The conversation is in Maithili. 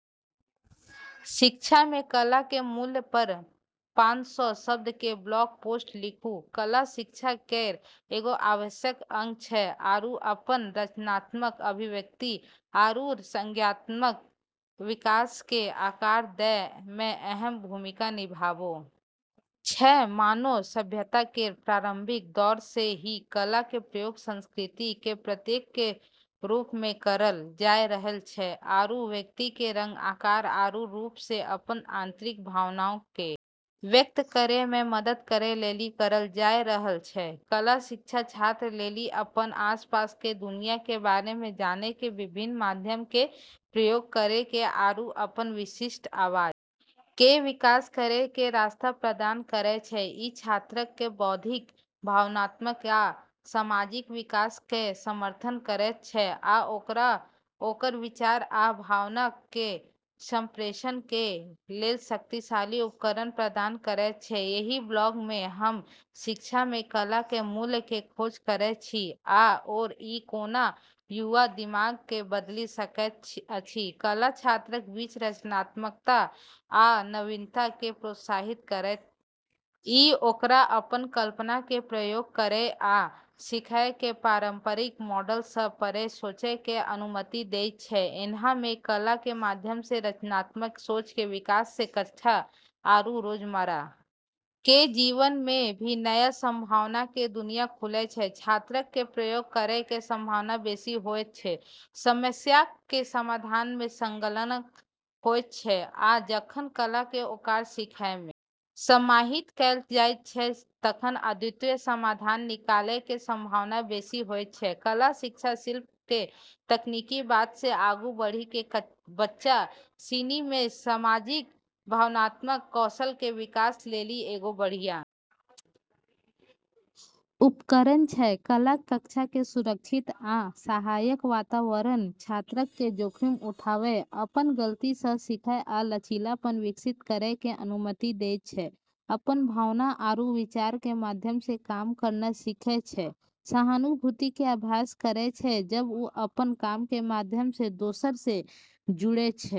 शिक्षा मे कला के मूल्य पर पानसौ शब्द के ब्लॉग पोस्ट लिखू, कला शिक्षा केरऽ एगो आवश्यक अंग छै आरू अपनऽ रचनात्मक अभिव्यक्ति आरू संज्ञानात्मक विकास के आकार दै मे अहम भूमिका निभाबै छै, मानव सभ्यता केरऽ प्रारंभिक दौर से ही कला के प्रयोग संस्कृति के प्रतीक के रूप मे करलऽ जाय रहलऽ छै आरू व्यक्ति के रंग, आकार आरू रूप से अपनऽ आंतरिक भावना के व्यक्त करै मे मदद करै लेली करलऽ जाय रहलऽ छै, कला शिक्षा छात्रऽ लेली अपनऽ आसपास के दुनिया के बारे मे जानय के विभिन्न माध्यमऽ के प्रयोग करै के आरू अपनऽ विशिष्ट आवाज के विकास करै के रास्ता प्रदान करै छै, इ छात्रक कें बौद्धिक, भावनात्मक आ सामाजिक विकास कें समर्थन करयत छै आ ओकरा ओकर विचार आ भावनाक कें संप्रेषण कें लेल शक्तिशाली उपकरण प्रदान करयत छै, एहि ब्लॉग मे हम शिक्षा मे कला के मूल्य के खोज करैत छी आओर ई कोना युवा दिमाग के बदलि सकैत अछि, कला छात्रक बीच रचनात्मकता आ नवीनता के प्रोत्साहित करैत अछि। इ ओकरा अपन कल्पना कें प्रयोग करय आ सीखय कें पारंपरिक मॉडल सं परे सोचय कें अनुमति देयत छै, ऐन्हऽ मे कला के माध्यम से रचनात्मक सोच के विकास से कक्षा आरू रोजमर्रा के जीवन मे भी नया संभावना के दुनिया खुले छै, छात्रक कें प्रयोग करय कें संभावना बेसि होयत छै, समस्याक कें समाधान मे संलग्न होयत छै आ जखन कला कें ओकर सीखय मे समाहित कैल जायत छै तखन अद्वितीय समाधान निकालय कें संभावना बेसि होयत छै, कला शिक्षा शिल्प के तकनीकी बात से आगू बढ़ी के बच्चा सिनी मे सामाजिक-भावनात्मक कौशल के विकास लेली एगो बढ़िया उपकरण छै, कला कक्षा कें सुरक्षित आ सहायक वातावरण छात्रक कें जोखिम उठावय, अपन गलती सं सीखय आ लचीलापन विकसित करय कें अनुमति देयत छै, अपनऽ भावना आरू विचारऽ के माध्यम से काम करना सीखै छै, सहानुभूति के अभ्यास करै छै जब उ अपनऽ काम के माध्यम से दोसरऽ से जुड़ै छै।